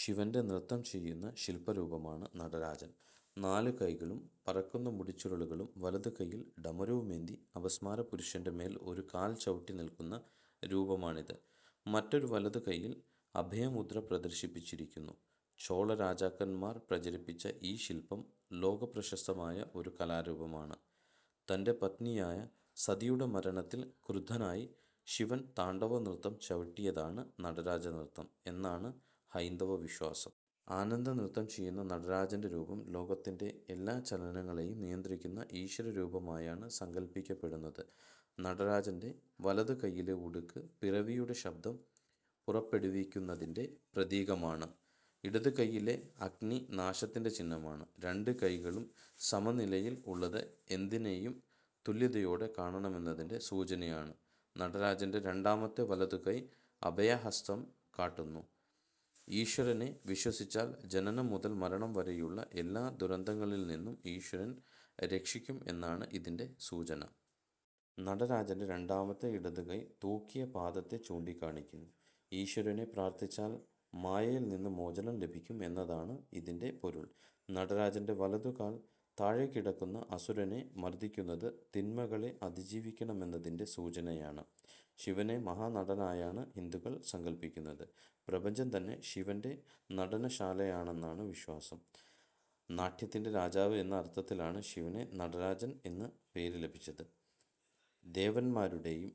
ശിവന്റെ നൃത്തം ചെയ്യുന്ന ശിൽപ്പരൂപമാണ് നടരാജൻ. നാല് കൈകളും പറക്കുന്ന മുടിച്ചുരുളുകളും വലതുകൈയിൽ ഡമരുവുമേന്തി അപസ്മാരപുരുഷന്റെ മേൽ ഒരു കാൽ ചവിട്ടിനിൽക്കുന്ന രൂപമാണിത്. മറ്റൊരു വലതുകൈയിൽ അഭയമുദ്ര പ്രദർശിപ്പിച്ചിരിക്കുന്നു. ചോളരാജാക്കന്മാർ പ്രചരിപ്പിച്ച ഈ ശിൽപ്പം ലോകപ്രശസ്തമായ ഒരു കലാരൂപമാണ്. തന്റെ പത്നിയായ സതിയുടെ മരണത്തിൽ ക്രുദ്ധനായി ശിവൻ താണ്ഡവനൃത്തം ചവിട്ടിയതാണ് നടരാജനൃത്തം എന്നാണ് ഹൈന്ദവവിശ്വാസം. ആനന്ദനൃത്തം ചെയ്യുന്ന നടരാജന്റെ രൂപം ലോകത്തിന്റെ എല്ലാ ചലനങ്ങളെയും നിയന്ത്രിക്കുന്ന ഈശ്വരരൂപമായാണ് സങ്കൽപ്പിക്കപ്പെടുന്നത്. നടരാജന്റെ വലതുകൈയിലെ ഉടുക്ക് പിറവിയുടെ ശബ്ദം പുറപ്പെടുവിക്കുന്നതിന്റെ പ്രതീകമാണ്. ഇടതുകൈയിലെ അഗ്നി നാശത്തിന്റെ ചിഹ്നമാണ്. രണ്ട് കൈകളും സമനിലയിൽ ഉള്ളത് എന്തിനെയും തുല്യതയോടെ കാണണമെന്നതിന്റെ സൂചനയാണ്. നടരാജന്റെ രണ്ടാമത്തെ വലതുകൈ അഭയഹസ്തം കാട്ടുന്നു. ഈശ്വരനെ വിശ്വസിച്ചാൽ ജനനം മുതൽ മരണം വരെയുള്ള എല്ലാ ദുരന്തങ്ങളിൽനിന്നും ഈശ്വരൻ രക്ഷിക്കും എന്നാണ് ഇതിന്റെ സൂചന. നടരാജന്റെ രണ്ടാമത്തെ ഇടതുകൈ തൂക്കിയ പാദത്തെ ചൂണ്ടിക്കാണിക്കുന്നു. ഈശ്വരനെ പ്രാർഥിച്ചാൽ മായയിൽനിന്ന് മോചനം ലഭിക്കും എന്നതാണ് ഇതിന്റെ പൊരുൾ. നടരാജന്റെ വലതുകാൽ താഴെക്കിടക്കുന്ന അസുരനെ മർദിക്കുന്നത് തിന്മകളെ അതിജീവിക്കണമെന്നതിന്റെ സൂചനയാണ്. ശിവനെ മഹാനടനായാണ് ഹിന്ദുക്കൾ സങ്കൽപ്പിക്കുന്നത്. പ്രപഞ്ചം തന്നെ ശിവന്റെ നടനശാലയാണെന്നാണ് വിശ്വാസം. നാട്യത്തിന്റെ രാജാവ് എന്ന അർഥത്തിലാണ് ശിവന് നടരാജൻ എന്ന പേര് ലഭിച്ചത്. ദേവന്മാരുടെയും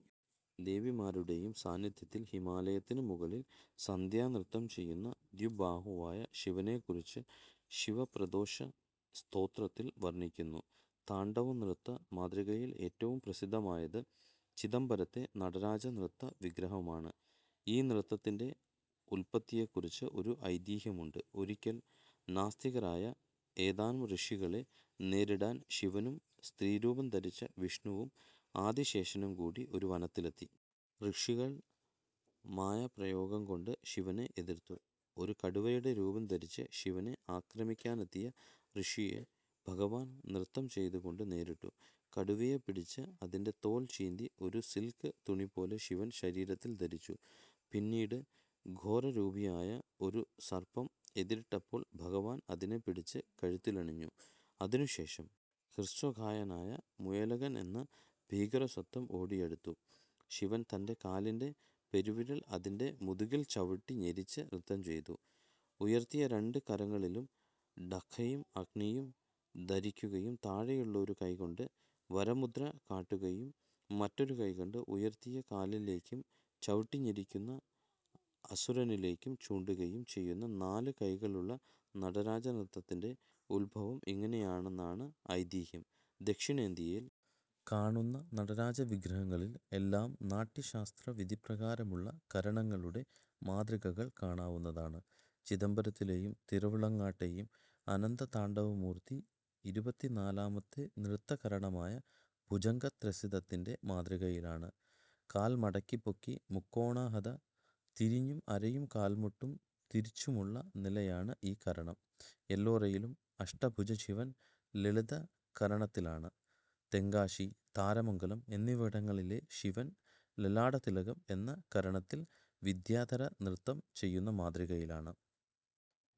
ദേവിമാരുടെയും സാന്നിധ്യത്തിൽ ഹിമാലയത്തിന് മുകളിൽ സന്ധ്യാനൃത്തം ചെയ്യുന്ന ദ്വിബാഹുവായ ശിവനെക്കുറിച്ച് ശിവപ്രദോഷസ്തോത്രത്തിൽ വർണിക്കുന്നു. താണ്ഡവനൃത്ത മാതൃകയിൽ ഏറ്റവും പ്രസിദ്ധമായത് ചിദംബരത്തെ നടരാജനൃത്ത വിഗ്രഹമാണ്.ഈ നൃത്തത്തിന്റെ ഉൽപ്പത്തിയെക്കുറിച്ച് ഒരു ഐതിഹ്യമുണ്ട്. ഒരിക്കൽ നാസ്തികരായ ഏതാനും ഋഷികളെ നേരിടാൻ ശിവനും സ്ത്രീരൂപം ധരിച്ച വിഷ്ണുവും ആദിശേഷനും കൂടി ഒരു വനത്തിലെത്തി. ഋഷികൾ മായാപ്രയോഗംകൊണ്ട് ശിവനെ എതിർത്തു. ഒരു കടുവയുടെ രൂപം ധരിച്ച് ശിവനെ ആക്രമിക്കാനെത്തിയ ഋഷിയെ ഭഗവാൻ നൃത്തം ചെയ്തുകൊണ്ട് നേരിട്ടു. കടുവയെ പിടിച്ച് അതിന്റെ തോൽ ചീന്തി ഒരു സിൽക്ക് തുണിപോലെ ശിവൻ ശരീരത്തിൽ ധരിച്ചു. പിന്നീട് ഘോരരൂപിയായ ഒരു സർപ്പം എതിരിട്ടപ്പോൾ ഭഗവാൻ അതിനെ പിടിച്ച് കഴുത്തിലണിഞ്ഞു. അതിനുശേഷം ഹ്രസ്വകായനായ മുയലകൻ എന്ന ഭീകരസത്വം ഓടിയടുത്തു. ശിവൻ തന്റെ കാലിന്റെ പെരുവിരൽ അതിന്റെ മുതുകിൽ ചവിട്ടിഞെരിച്ച് നൃത്തം ചെയ്തു. ഉയർത്തിയ രണ്ട് കരങ്ങളിലും ഢക്കയും അഗ്നിയും ധരിക്കുകയും താഴെയുള്ള ഒരു കൈകൊണ്ട് വരമുദ്ര കാട്ടുകയും മറ്റൊരു കൈകൊണ്ട് ഉയർത്തിയ കാലിലേക്കും ചവിട്ടിഞെരിക്കുന്ന അസുരനിലേക്കും ചൂണ്ടുകയും ചെയ്യുന്ന നാല് കൈകളുള്ള നടരാജനൃത്തത്തിന്റെ ഉത്ഭവം ഇങ്ങനെയാണെന്നാണ് ഐതിഹ്യം. ദക്ഷിണേന്ത്യയിൽ കാണുന്ന നടരാജവിഗ്രഹങ്ങളിൽ എല്ലാം നാട്യശാസ്ത്രവിധിപ്രകാരമുള്ള കരണങ്ങളുടെ മാതൃകകൾ കാണാവുന്നതാണ്. ചിദംബരത്തിലെയും തിരുവിളങ്ങാട്ടെയും ആനന്ദതാണ്ഡവമൂർത്തി ഇരുപത്തിനാലാമത്തെ നൃത്തകരണമായ ഭൂജംഗത്രസിതത്തിന്റെ മാതൃകയിലാണ്. കാൽ മടക്കിപ്പൊക്കി മുക്കോണാഹത തിരിഞ്ഞും അരയും കാൽമുട്ടും തിരിച്ചുമുള്ള നിലയാണ് ഈ കരണം. എല്ലോറയിലും അഷ്ടഭുജശിവൻ ലളിതകരണത്തിലാണ്. തെങ്കാശി, താരമംഗലം എന്നിവിടങ്ങളിലെ ശിവൻ ലലാടതിലകം എന്ന കരണത്തിൽ വിദ്യാധരനൃത്തം ചെയ്യുന്ന മാതൃകയിലാണ്.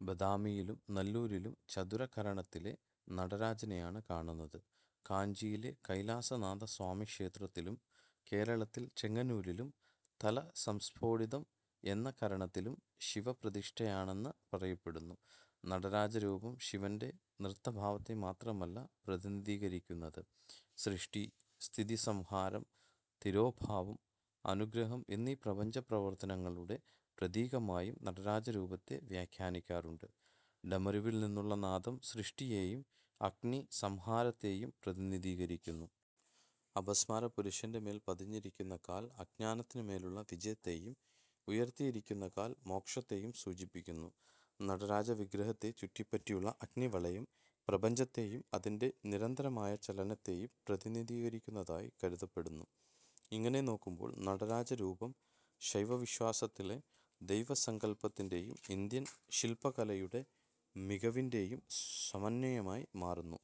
ബദാമിയിലും നല്ലൂരിലും ചതുരകരണത്തിലെ നടരാജനെയാണ് കാണുന്നത്. കാഞ്ചിയിലെ കൈലാസനാഥസ്വാമിക്ഷേത്രത്തിലും കേരളത്തിൽ ചെങ്ങന്നൂരിലും തലസംസ്ഫോടിതം എന്ന കരണത്തിലുള്ള ശിവപ്രതിഷ്ഠയാണെന്ന് പറയപ്പെടുന്നു. നടരാജരൂപം ശിവന്റെ നൃത്തഭാവത്തെ മാത്രമല്ല പ്രതിനിധീകരിക്കുന്നത്. സൃഷ്ടി സ്ഥിതി സംഹാരം തിരോഭാവം അനുഗ്രഹം എന്നീ പ്രപഞ്ചപ്രവർത്തനങ്ങളുടെ പ്രതീകമായും നടരാജരൂപത്തെ വ്യാഖ്യാനിക്കാറുണ്ട്. ഡമരുവിൽനിന്നുള്ള നാദം സൃഷ്ടിയെയും അഗ്നി സംഹാരത്തെയും പ്രതിനിധീകരിക്കുന്നു. അപസ്മാരപുരുഷന്റെ മേൽ പതിഞ്ഞിരിക്കുന്ന കാൽ അജ്ഞാനത്തിനുമേലുള്ള വിജയത്തെയും ഉയർത്തിയിരിക്കുന്ന കാൽ മോക്ഷത്തെയും സൂചിപ്പിക്കുന്നു. നടരാജവിഗ്രഹത്തെ ചുറ്റിപ്പറ്റിയുള്ള അഗ്നിവളയം പ്രപഞ്ചത്തെയും അതിന്റെ നിരന്തരമായ ചലനത്തെയും പ്രതിനിധീകരിക്കുന്നതായി കരുതപ്പെടുന്നു. ഇങ്ങനെ നോക്കുമ്പോൾ നടരാജരൂപം ശൈവവിശ്വാസത്തിലെ ദൈവസങ്കൽപ്പത്തിന്റെയും ഇന്ത്യൻ ശിൽപ്പകലയുടെ മികവിന്റെയും സമന്വയമായി മാറുന്നു.